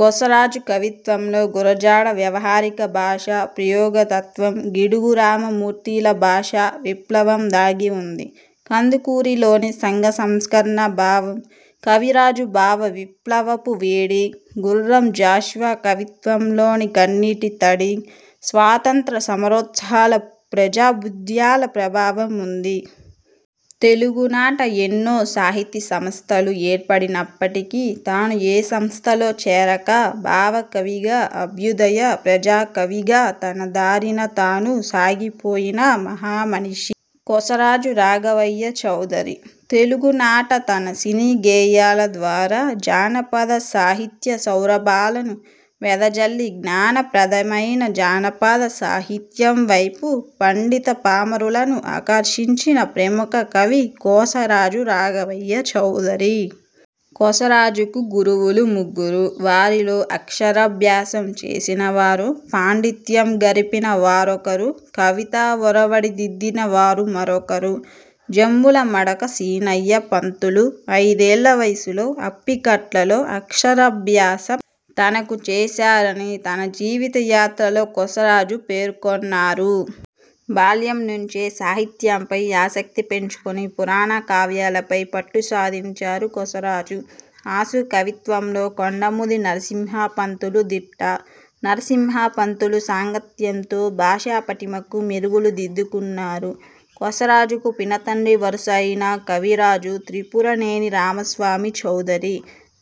కొసరాజు కవిత్వంలో గురజాడ వ్యవహారిక భాషా ప్రయోగ తత్వం, గిడుగు రామ మూర్తిల భాషా విప్లవం దాగి ఉంది. కందుకూరి లోని సంఘ సంస్కరణ భావం, కవిరాజు భావ విప్లవపు వేడి, గుర్రం జాషువా కవిత్వంలోని కన్నీటి తడి, స్వాతంత్య్ర సమరోత్సాహాల, ప్రజాభ్యుద్యాల ప్రభావం ఉంది. తెలుగు నాట ఎన్నో సాహితీ సమస్థలు ఏర్పడినప్పటికీ తాను ఏ సంస్థలో చేరక భావ కవిగా, అభ్యుదయ, ప్రజా కవిగా తన దారిన తాను సాగి పోయిన మహా మనీషి కొసరాజు రాఘవయ్య చౌదరి. తెలుగు నాట తన సినీ గేయాల ద్వారా జానపద సాహిత్య సౌరభాలను వెదజల్లి, జ్ఞాన ప్రదమైన జానపద సాహిత్యం వైపు పండిత పామరులను ఆకర్షించిన ప్రముఖ కవి కో సరాజు రాఘవయ్య చౌదరి. కొసరాజు కు గురువులు ముగ్గురు. వారిలో అక్షరా భ్యాసం చేసిన వారు, పాండిత్యం గరిపిన వారొకరు, కవితా ఒరవడి దిద్దిన వారు మరొకరు. జమ్ముల మడక శీనయ్య పంతులు ఐదేళ్ళ వయసులో అప్పికట్ల లో అక్షరా భ్యాసం తనకు చేశారని తన జీవిత యాత్రలో కొసరాజు పేర్కొన్నారు. బాల్యం నుంచే సాహిత్యంపై ఆసక్తి పెంచుకుని పురాణ కావ్యాలపై పట్టు సాధించారు కొసరాజు. అశు కవిత్వంలో కొండముది నరసింహపంతులు దిట్ట. నరసింహ పంతులు సాంగత్యంతో భాషా పటిమకు మెరుగులు దిద్దు కున్నారు. కొసరాజు కు పిన తండ్రి వరుస అయిన కవిరాజు త్రిపుర నేని రామస్వామి చౌదరి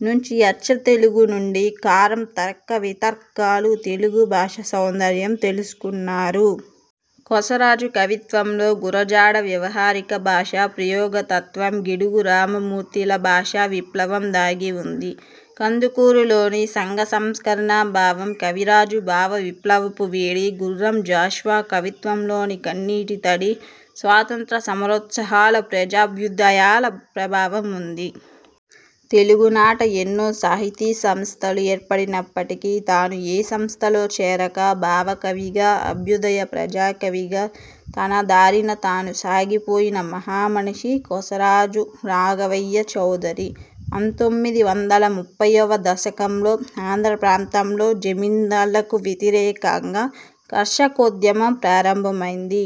నుంచి అచ్చ తెనుగు నుండి కారం తర్క వితర్కాలు, తెలుగు భాషా సౌందర్యం తెలుసుకున్నారు. కొసరాజు కవిత్వంలో గురజాడ వ్యవహారిక భాషా ప్రయోగ తత్వం, గిడుగు రామ మూర్తిల భాషా విప్లవం దాగి ఉంది. కందుకూరి లోని సంఘ సంస్కరణ భావం, కవిరాజు భావ విప్లవపు వేడి, గుర్రం జాషువా కవిత్వం లోని కన్నీటి తడి, స్వాతంత్య్ర సమరోత్సాహాల, ప్రజాభ్యుదయాల ప్రభావం ఉంది. తెలుగు నాట ఎన్నో సాహితీ సమస్థలు ఏర్పడినప్పటికీ తాను ఏ సంస్థలో చేరక భావ కవిగా, అభ్యుదయ, ప్రజా కవిగా తన దారిన తాను సాగి పోయిన మహా మనీషి కొసరాజు రాఘవయ్య చౌదరి. పంతొమ్మిది వందల ముప్పైవ దశకంలో ఆంధ్ర ప్రాంతంలో జమీందార్లకు వ్యతిరేకంగా కర్షకోద్యమం ప్రారంభమైంది.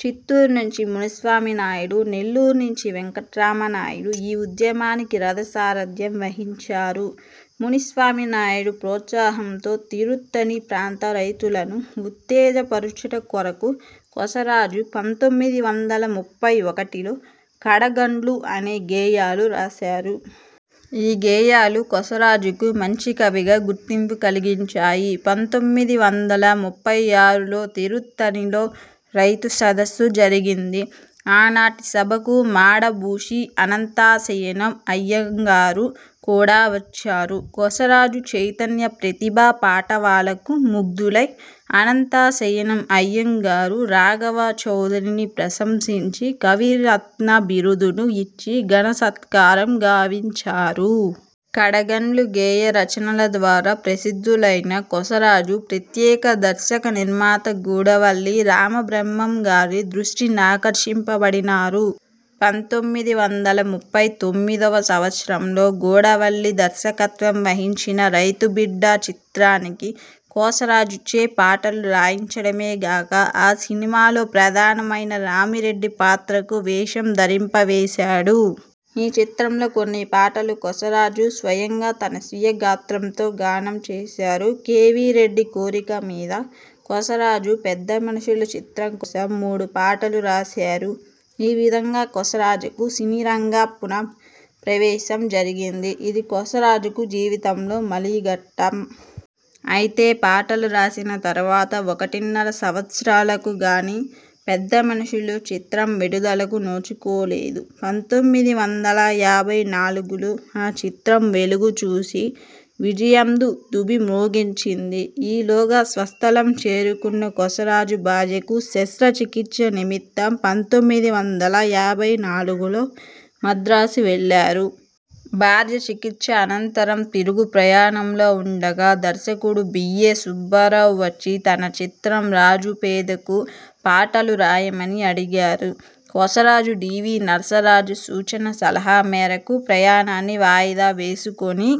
చిత్తూరు నుంచి ముని స్వామి నాయుడు, నెల్లూరు నుంచి వెంకట్రామా నాయుడు ఈ ఉద్యమానికి రథ సారధ్యం వహించారు. ముని స్వామి నాయుడు ప్రోత్సాహంతో తిరుత్తణి ప్రాంత రైతులను ఉత్తేజ పర్చుట కొరకు కొసరాజు పంతొమ్మిది వందల ముప్పై ఒకటిలో ''కడగండ్లు'' అనే గేయాలు రాశారు. ఈ గేయాలు కొసరాజు కు మంచి కవిగా గుర్తింపు కలిగించాయి. పంతొమ్మిది వందల ముప్పై ఆరులో తిరుత్తణి లో రైతు సదస్సు జరిగింది. ఆ నాటి సభకు మాడ భూషి అనంతశయనం అయ్యం గారు కూడా వచ్చారు. కొసరాజు చైతన్య ప్రతిభా పాటవాలకు ముగ్ధులై అనంతశయనం అయ్యం గారు రాఘవ చౌదరిని ప్రశంసించి ''కవిరత్న'' బిరుదును ఇచ్చి ఘన సత్కారం గావించారు. కడగండ్లు గేయ రచనల ద్వారా ప్రసిద్ధు లైన కొసరాజు ప్రత్యేక దర్శక నిర్మాత గూడవల్లి రామబ్రహ్మం గారి దృష్టి నాకర్షింప బడినారు. పంతొమ్మిది వందల ముప్పై తొమ్మిదివ సంవత్సరంలో గూడవల్లి దర్శకత్వం వహించిన ''రైతుబిడ్డ'' చిత్రానికి కొసరాజు చే పాటలు రాయించడమే గాక ఆ సినిమాలో ప్రధాన మైన రామిరెడ్డి పాత్రకు వేషం ధరింప చేశాడు. ఈ చిత్రంలో కొన్ని పాటలు కొసరాజు స్వయంగా తన స్వీయ గాత్రంతో గానం చేశారు. కెవి రెడ్డి కోరిక మీద కొసరాజు పెద్ద మనుషులు చిత్రం కోసం మూడు పాటలు రాశారు. ఈ విధంగా కొసరాజు కు సినీరంగ పున ప్రవేశం జరిగింది. ఇది కొసరాజు కు జీవితంలో మలి ఘట్టం. అయితే పాటలు రాసిన తరువాత ఒకటిన్నర సంవత్సరాల కు గానీ ''పెద్ద మనుషులు'' చిత్రం విడుదల కు నోచుకోలేదు. పంతొమ్మిది వందల యాభై నాలుగులో ఆచిత్రం వెలుగుచూసి విజయందుదుభి మ్రోగించింది. ఈ లోగా స్వస్థలం చేరుకున్న కొసరాజు భార్యకు శస్త్రచికిత్స నిమిత్తం పంతొమ్మిది వందల యాభై నాలుగులో మద్రాసు వెళ్ళారు. భార్య చికిత్స అనంతరం తిరుగు ప్రయాణంలో ఉండగా దర్శకుడు బి. ఏ. సుబ్బారావు వచ్చి తన చిత్రం ''రాజు, పేద''కు పాటలు రాయమని అడిగారు. కొసరాజు డి. వి. నరసరాజు సూచన, సలహా మేరకు ప్రయాణాన్ని వాయిదా వేసుకుని